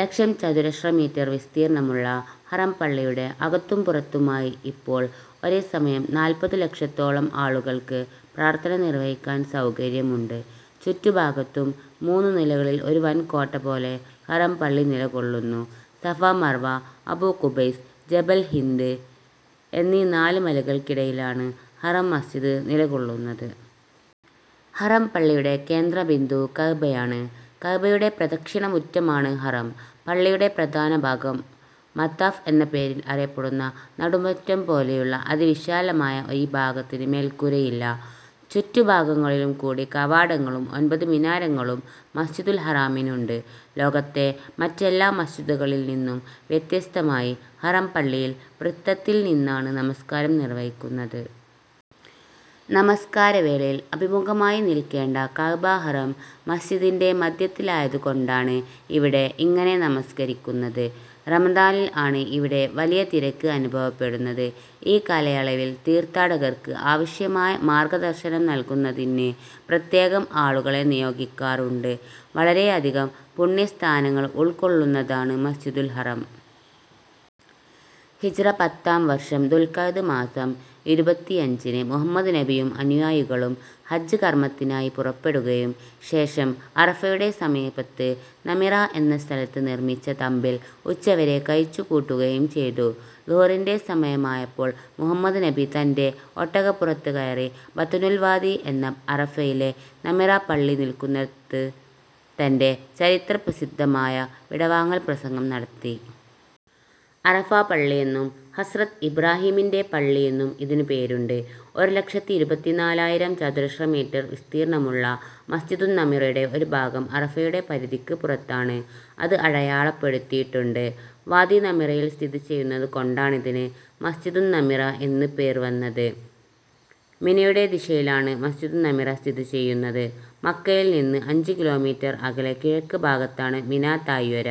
ലക്ഷം ചതുരശ്ര മീറ്റർ വിസ്തീർണമുള്ള ഹറം പള്ളിയുടെ അകത്തും പുറത്തുമായി ഇപ്പോൾ ഒരേ സമയം നാൽപ്പതു ലക്ഷത്തോളം ആളുകൾക്ക് പ്രാർത്ഥന നിർവഹിക്കാൻ സൌകര്യമുണ്ട്. ചുറ്റു ഭാഗത്തും മൂന്നു നിലകളിൽ ഒരു വൻ കോട്ട പോലെ ഹറം പള്ളി നില കൊള്ളുന്നു. സഫാ, മർവാ, അബൂ ഖുബൈസ്, ജബൽ ഹിന്ദ് എന്നീ നാല് മലകൾക്കിടയിലാണ് ഹറം മസ്ജിദ് നില കൊള്ളുന്നത്. ഹറം പള്ളിയുടെ കേന്ദ്ര ബിന്ദു കഅബയാണ്. കഅബയുടെ പ്രദക്ഷിണ മുറ്റമാണ് ഹറം പള്ളിയുടെ പ്രധാന ഭാഗം. മതാഫ് എന്ന പേരിൽ അറിയപ്പെടുന്ന നടുമുറ്റം പോലെയുള്ള അതിവിശാലമായ ഈ ഭാഗത്തിന് മേൽക്കൂരയില്ല. ചുറ്റു ഭാഗങ്ങളിലും കൂടി കവാടങ്ങളും ഒൻപതു മിനാരങ്ങളും മസ്ജിദുൽ ഹറാമിനുണ്ട്. ലോകത്തെ മറ്റെല്ലാ മസ്ജിദുകളിൽ നിന്നും വ്യത്യസ്തമായി ഹറം പള്ളിയിൽ വൃത്തത്തിൽ നിന്നാണ് നമസ്കാരം നിർവഹിക്കുന്നത്. നമസ്കാര വേളയിൽ അഭിമുഖമായി നിൽക്കേണ്ട കഅബ ഹറം മസ്ജിദിന്റെ മധ്യത്തിലായത് കൊണ്ടാണ് ഇവിടെ ഇങ്ങനെ നമസ്കരിക്കുന്നത്. റമദാനിൽ ആണ് ഇവിടെ വലിയ തിരക്ക് അനുഭവപ്പെടുന്നത്. ഈ കാലയളവിൽ തീർത്ഥാടകർക്ക് ആവശ്യമായ മാർഗ ദർശനം നൽകുന്നതിന് പ്രത്യേകം ആളുകളെ നിയോഗിക്കാറുണ്ട്. വളരെയധികം പുണ്യസ്ഥാനങ്ങൾ ഉൾക്കൊള്ളുന്നതാന് മസ്ജിദുൽ ഹറം. ഹിജ്റ പത്താം വർഷം ദുൽഖഅദ് മാസം ഇരുപത്തിയഞ്ചിന് മുഹമ്മദ് നബിയും അനുയായികളും ഹജ്ജ് കർമ്മത്തിനായി പുറപ്പെടുകയും ശേഷം അറഫയുടെ സമീപത്ത് നമിറ എന്ന സ്ഥലത്ത് നിർമ്മിച്ച തമ്പിൽ ഉച്ചവരെ കഴിച്ചു കൂട്ടുകയും ചെയ്തു. ളുഹറിൻറെ സമയമായപ്പോൾ മുഹമ്മദ് നബി തൻറെ ഒട്ടകപുറത്ത് കയറി ബത്വനുൽ വാദി എന്ന ഇന്ന് അറഫയിലെ നമിറ പള്ളി നിൽക്കുന്നിടത്ത് തൻറെ ചരിത്രപ്രസിദ്ധമായ വിടവാങ്ങൽ പ്രസംഗം നടത്തി. അറഫാ പള്ളിയെന്നും ഹസ്രത്ത് ഇബ്റാഹീമിന്റെ പള്ളിയെന്നും ഇതിനു പേരുണ്ട്. ഒരു ലക്ഷത്തി ഇരുപത്തിനാലായിരം ചതുരശ്രമീറ്റർ വിസ്തീർണമുള്ള മസ്ജിദുന്നമിറയുടെ ഒരു ഭാഗം അറഫയുടെ പരിധിക്ക് പുറത്താണ്. അത് അടയാളപ്പെടുത്തിയിട്ടുണ്ട്. വാദീ നമിറയിൽസ്ഥിതിചെയ്യുന്നത് കൊണ്ടാണിതിന് മസ് ജിദുന്നമിറ എന്ന് പേർവന്നത്. മിനയുടെ ദിശയിലാണ് മസ് ജിദുന്നമിറ സ്ഥിതിചെയ്യുന്നത്. മക്കയിൽ നിന്ന് അഞ്ച് കിലോമീറ്റർ അകലെ കിഴക്ക് ഭാഗത്താണ് മിനാ താഴ്വര.